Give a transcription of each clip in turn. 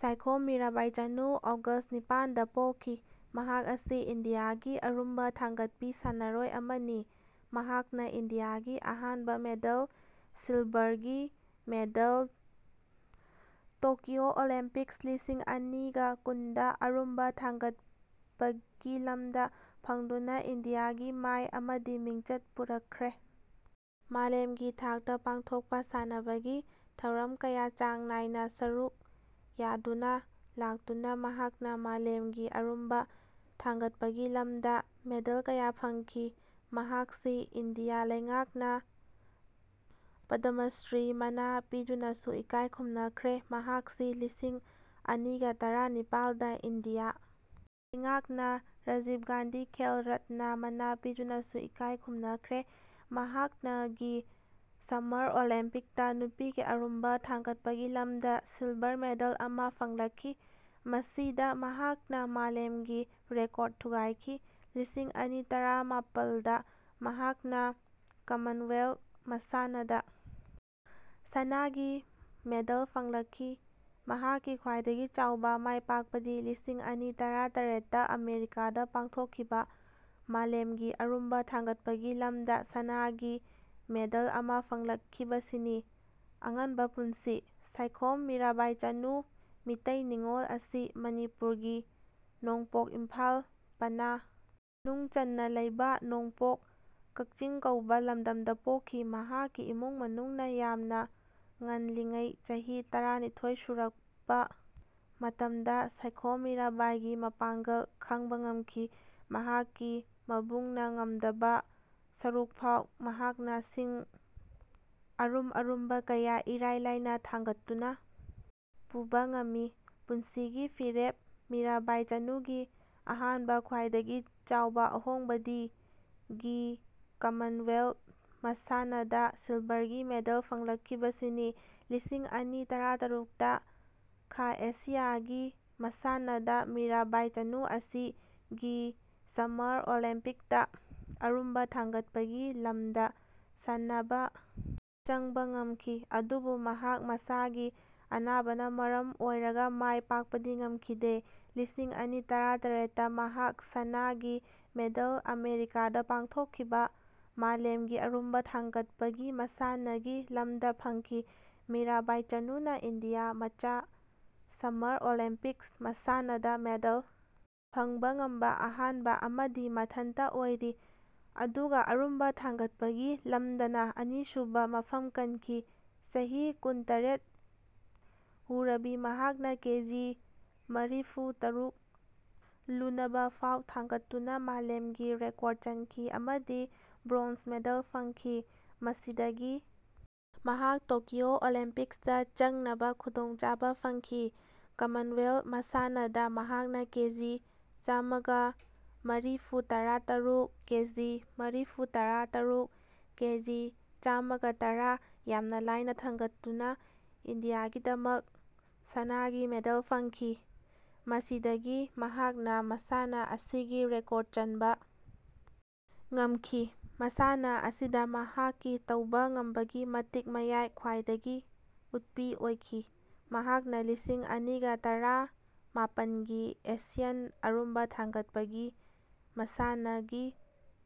ꯁꯥꯏꯈꯣꯝ ꯃꯤꯔꯥꯕꯥꯏ ꯆꯅꯨ ꯑꯒꯁ ꯅꯤꯄꯥꯟꯗ ꯄꯣꯛꯈꯤ꯫ ꯃꯍꯥꯛ ꯑꯁꯤ ꯏꯟꯗꯤꯌꯥꯒꯤ ꯑꯔꯨꯝꯕ ꯊꯥꯡꯒꯠꯄꯤ ꯁꯥꯟꯅꯔꯣꯏ ꯑꯃꯅꯤ꯫ ꯃꯍꯥꯛꯅ ꯏꯟꯗꯤꯌꯥꯒꯤ ꯑꯍꯥꯟꯕ ꯃꯦꯗꯜ, ꯁꯤꯜꯚꯔꯒꯤ ꯃꯦꯗꯜ ꯇꯣꯀ꯭ꯌꯣ ꯑꯣꯂꯤꯝꯄꯤꯛꯁ ꯂꯤꯁꯤꯡ ꯑꯅꯤꯒ ꯀꯨꯟꯗ ꯑꯔꯨꯝꯕ ꯊꯥꯡꯒꯠꯄꯒꯤ ꯂꯝꯗ ꯐꯪꯗꯨꯅ ꯏꯟꯗꯤꯌꯥꯒꯤ ꯃꯥꯢ ꯑꯃꯗꯤ ꯃꯤꯡꯆꯠ ꯄꯨꯔꯛꯈ꯭ꯔꯦ꯫ ꯃꯥꯂꯦꯝꯒꯤ ꯊꯥꯛꯇ ꯄꯥꯡꯊꯣꯛꯄ ꯁꯥꯟꯅꯕꯒꯤ ꯊꯧꯔꯝ ꯀꯌꯥ ꯆꯥꯡ ꯅꯥꯢꯅ ꯁꯔꯨꯛ ꯌꯥꯗꯨꯅ ꯂꯥꯛꯇꯨꯅ ꯃꯍꯥꯛꯅ ꯃꯥꯂꯦꯝꯒꯤ ꯑꯔꯨꯝꯕ ꯊꯥꯡꯒꯠꯄꯒꯤ ꯂꯝꯗ ꯃꯦꯗꯜ ꯀꯌꯥ ꯐꯪꯈꯤ꯫ ꯃꯍꯥꯛꯁꯤ ꯏꯟꯗꯤꯌꯥ ꯂꯩꯉꯥꯛꯅ ꯄꯗꯃꯁ꯭ꯔꯤ ꯃꯅꯥ ꯄꯤꯗꯨꯅꯁꯨ ꯏꯀꯥꯢ ꯈꯨꯝꯅꯈ꯭ꯔꯦ꯫ ꯃꯍꯥꯛꯁꯤ ꯂꯤꯁꯤꯡ ꯑꯅꯤꯒ ꯇꯔꯥ ꯅꯤꯄꯥꯜꯗ ꯏꯟꯗꯤꯌꯥ ꯂꯩꯉꯥꯛꯅ ꯔꯥꯖꯤꯚ ꯒꯥꯟꯙꯤ ꯈꯦꯜ ꯔꯠꯅ ꯃꯅꯥ ꯄꯤꯗꯨꯅꯁꯨ ꯏꯀꯥꯢ ꯈꯨꯝꯅꯈ꯭ꯔꯦ꯫ ꯃꯍꯥꯛꯅ ꯒꯤ ꯁꯝꯃꯔ ꯑꯣꯂꯤꯝꯄꯤꯛꯁꯇ ꯅꯨꯄꯤꯒꯤ ꯑꯔꯨꯝꯕ ꯊꯥꯡꯒꯠꯄꯒꯤ ꯂꯝꯗ ꯁꯤꯜꯚꯔ ꯃꯦꯗꯜ ꯑꯃ ꯐꯪꯂꯛꯈꯤ꯫ ꯃꯁꯤꯗ ꯃꯍꯥꯛꯅ ꯃꯥꯂꯦꯝꯒꯤ ꯔꯦꯀꯣꯔꯗ ꯊꯨꯒꯥꯢꯈꯤ꯫ ꯂꯤꯁꯤꯡ ꯑꯅꯤ ꯇꯔꯥ ꯅꯤꯄꯥꯥꯜꯗ ꯃꯍꯥꯛꯅ ꯀꯃꯟꯋꯦꯜꯊ ꯃꯁꯥꯟꯅꯗ ꯁꯅꯥꯒꯤ ꯃꯦꯗꯜ ꯐꯪꯂꯛꯈꯤ꯫ ꯃꯍꯥꯛꯀꯤ ꯈ꯭ꯋꯥꯢꯗꯒꯤ ꯆꯥꯎꯕ ꯃꯥꯢꯄꯥꯛꯄꯗꯤ ꯂꯤꯁꯤꯡ ꯑꯅꯤ ꯇꯔꯥ ꯇꯔꯦꯠꯇ ꯑꯃꯦꯔꯤꯀꯥꯗ ꯄꯥꯡꯊꯣꯛꯈꯤꯕ ꯃꯥꯂꯦꯝꯒꯤ ꯑꯔꯨꯝꯕ ꯊꯥꯡꯒꯠꯄꯒꯤ ꯂꯝꯗ ꯁꯅꯥꯒꯤ ꯃꯦꯗꯜ ꯑꯃ ꯐꯪꯂꯛꯈꯤꯕꯁꯤꯅꯤ꯫ ꯑꯉꯟꯕ ꯄꯨꯟꯁꯤ ꯁꯥꯏꯈꯣꯝ ꯃꯤꯔꯥꯕꯥꯏ ꯆꯅꯨ, ꯃꯤꯇꯩ ꯅꯤꯡꯉꯣꯜ ꯑꯁꯤ ꯃꯅꯤꯄꯨꯔꯒꯤ ꯅꯣꯡꯄꯣꯛ ꯏꯝꯐꯥꯜ ꯄꯅꯥ ꯃꯅꯨꯡꯆꯟꯅ ꯂꯩꯕ ꯅꯣꯡꯄꯣꯛ ꯀꯛꯆꯤꯡ ꯀꯧꯕ ꯂꯝꯗꯝꯗ ꯄꯣꯛꯈꯤ꯫ ꯃꯍꯥꯛꯀꯤ ꯏꯃꯨꯡ ꯃꯅꯨꯡꯅ ꯌꯥꯝꯅ ꯉꯟꯂꯤꯉꯩ ꯆꯩꯍꯤ ꯇꯔꯥꯅꯤꯊꯣꯏ ꯁꯨꯔꯛꯄ ꯃꯇꯝꯗ ꯁꯥꯏꯈꯣꯝ ꯃꯤꯔꯩꯕꯥꯏꯒꯤ ꯃꯄꯥꯡꯒꯜ ꯈꯪꯕ ꯉꯝꯈꯤ꯫ ꯃꯍꯥꯛꯀꯤ ꯃꯕꯨꯡꯅ ꯉꯝꯗꯕ ꯁꯔꯨꯛꯐꯥꯎ ꯃꯍꯥꯛꯅ ꯁꯤꯡ ꯑꯔꯨꯝ ꯑꯔꯨꯝꯕ ꯀꯌꯥ ꯏꯔꯥꯏ ꯂꯥꯏꯅ ꯊꯥꯡꯒꯠꯇꯨꯅ ꯄꯨꯕ ꯉꯝꯃꯤ꯫ ꯄꯨꯟꯁꯤꯒꯤ ꯐꯤꯔꯦꯞ ꯃꯤꯔꯥꯢꯕꯥꯢ ꯆꯅꯨꯒꯤ ꯑꯍꯥꯟꯕ ꯈ꯭ꯋꯥꯢꯗꯒꯤ ꯆꯥꯎꯕ ꯑꯍꯣꯡꯕꯗꯤ ꯒꯤ ꯀꯃꯟꯋꯦꯜꯊ ꯃꯁꯥꯟꯅꯗ ꯁꯤꯜꯚꯔꯒꯤ ꯃꯦꯗꯜ ꯐꯪꯂꯛꯈꯤꯕꯁꯤꯅꯤ꯫ ꯂꯤꯁꯤꯡ ꯑꯅꯤ ꯇꯔꯥꯇꯔꯨꯛꯇ ꯈꯥ ꯑꯦꯁꯤꯌꯥ ꯒꯤ ꯃꯁꯥꯟꯅꯗ ꯃꯤꯔꯥꯢꯕꯥꯢ ꯆꯅꯨ ꯑꯁꯤ ꯒꯤ ꯁꯝꯃꯔ ꯑꯣꯂꯤꯝꯄꯤꯛꯁꯇ ꯑꯔꯨꯝꯕ ꯊꯥꯡꯒꯠꯄꯒꯤ ꯂꯝꯗ ꯁꯥꯅꯕ ꯆꯪꯕ ꯉꯝꯈꯤ꯫ ꯑꯗꯨꯕꯨ ꯃꯍꯥꯛ ꯃꯁꯥꯒꯤ ꯑꯅꯥꯕꯅ ꯃꯔꯝ ꯑꯣꯢꯔꯒ ꯃꯥꯢ ꯄꯥꯛꯄꯗꯤ ꯉꯝꯈꯤꯗꯦ꯫ ꯂꯤꯁꯤꯡ ꯑꯅꯤ ꯇꯔꯥꯇꯔꯦꯠꯇ ꯃꯍꯥꯛ ꯁꯅꯥꯒꯤ ꯃꯦꯗꯜ ꯑꯃꯦꯔꯤꯀꯥꯗ ꯄꯥꯡꯊꯣꯛꯈꯤꯕ ꯃꯥꯂꯦꯝꯒꯤ ꯑꯔꯨꯝꯕ ꯊꯥꯡꯒꯠꯄꯒꯤ ꯃꯁꯥꯟꯅꯒꯤ ꯂꯝꯗ ꯐꯪꯈꯤ꯫ ꯃꯤꯔꯥꯕꯥꯢ ꯆꯅꯨꯅ ꯏꯟꯗꯤꯌꯥ ꯃꯆꯥ ꯁꯝꯃꯔ ꯑꯣꯂꯤꯝꯄꯤꯛꯁ ꯃꯁꯥꯟꯅꯗ ꯃꯦꯗꯜ ꯐꯪꯕ ꯉꯝꯕ ꯑꯍꯥꯟꯕ ꯑꯃꯗꯤ ꯃꯊꯟꯇ ꯑꯣꯢꯔꯤ꯫ ꯑꯗꯨꯒ ꯑꯔꯨꯝꯕ ꯊꯥꯡꯒꯠꯄꯒꯤ ꯂꯝꯗꯅ ꯑꯅꯤꯁꯨꯕ ꯃꯐꯝ ꯀꯟꯈꯤ꯫ ꯆꯍꯤ ꯀꯨꯟ - ꯇꯔꯦꯠ ꯋꯨꯔꯕꯤ ꯃꯍꯥꯛꯅ ꯀꯦꯖꯤ ꯃꯔꯤꯐꯨ - ꯇꯔꯨꯛ ꯂꯨꯅꯕꯐꯥꯎ ꯊꯥꯡꯒꯠꯇꯨꯅ ꯃꯥꯂꯦꯝꯒꯤ ꯔꯦꯀꯣꯔꯗ ꯆꯟꯈꯤ ꯑꯃꯗꯤ ꯕ꯭ꯔꯣꯟꯖ ꯃꯦꯗꯜ ꯐꯪꯈꯤ꯫ ꯃꯁꯤꯗꯒꯤ ꯃꯍꯥꯛ ꯇꯣꯀ꯭ꯌꯣ ꯑꯣꯂꯤꯝꯄꯤꯛꯁꯇ ꯆꯪꯅꯕ ꯈꯨꯗꯣꯡꯆꯥꯕ ꯐꯪꯈꯤ꯫ ꯀꯃꯟꯋꯦꯜꯊ ꯃꯁꯥꯟꯅꯗ ꯃꯍꯥꯛꯅ ꯀꯦꯖꯤ ꯆꯥꯃꯒ ꯃꯔꯤꯐꯨꯇꯔꯥ ꯇꯔꯨꯛ, ꯀꯦꯖꯤ ꯃꯔꯤꯐꯨꯇꯔꯥ ꯇꯔꯨꯛ, ꯀꯦꯖꯤ ꯆꯥꯃꯒ ꯇꯔꯥ ꯌꯥꯝ ꯂꯥꯢꯅ ꯊꯥꯡꯒꯠꯇꯨꯅ ꯏꯟꯗꯤꯌꯥꯒꯤꯗꯃꯛ ꯁꯅꯥꯒꯤ ꯃꯦꯗꯜ ꯐꯪꯈꯤ꯫ ꯃꯁꯤꯗꯒꯤ ꯃꯍꯥꯛꯅ ꯃꯁꯥꯟꯅ ꯑꯁꯤꯒꯤ ꯔꯦꯀꯣꯔꯗ ꯆꯟꯕ ꯉꯝꯈꯤ꯫ ꯃꯁꯥꯟꯅ ꯑꯁꯤꯗ ꯃꯍꯥꯛꯀꯤ ꯇꯧꯕ ꯉꯝꯕꯒꯤ ꯃꯇꯤꯛ ꯃꯌꯥꯢ ꯈ꯭ꯋꯥꯢꯗꯒꯤ ꯎꯠꯄꯤ ꯑꯣꯢꯈꯤ꯫ ꯃꯍꯥꯛꯅ ꯂꯤꯁꯤꯡ ꯑꯅꯤꯒ ꯇꯔꯥ ꯃꯥꯄꯟꯒꯤ ꯑꯦꯁꯤꯌꯥꯟ ꯑꯔꯨꯝꯕ ꯊꯥꯡꯒꯠꯄꯒꯤ ꯃꯁꯥꯟꯅ ꯒꯤ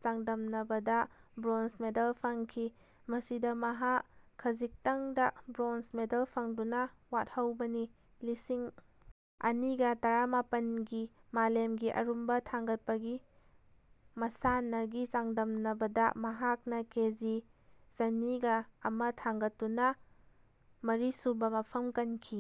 ꯆꯥꯡꯗꯝꯅꯕꯗ ꯕ꯭ꯔꯣꯟꯖ ꯃꯦꯗꯜ ꯐꯪꯈꯤ꯫ ꯃꯁꯤꯗ ꯃꯍꯥꯛ ꯈꯖꯤꯛꯇꯪꯗ ꯕ꯭ꯔꯣꯟꯖ ꯃꯦꯗꯜ ꯐꯪꯗꯨꯅ ꯋꯥꯠꯍꯧꯕꯅꯤ꯫ ꯂꯤꯁꯤꯡ ꯑꯅꯤꯒ ꯇꯔꯥꯃꯥꯄꯟ ꯒꯤ ꯃꯥꯂꯦꯝꯒꯤ ꯑꯔꯨꯝꯕ ꯊꯥꯡꯒꯠꯄꯒꯤ ꯃꯁꯥꯟꯅ ꯒꯤ ꯆꯥꯡꯗꯝꯅꯕꯗ ꯃꯍꯥꯛꯅ ꯀꯦꯖꯤ ꯆꯅꯤꯒ ꯑꯃ ꯊꯥꯡꯒꯠꯇꯨꯅ ꯃꯔꯤꯁꯨꯕ ꯃꯐꯝ ꯀꯟꯈꯤ꯫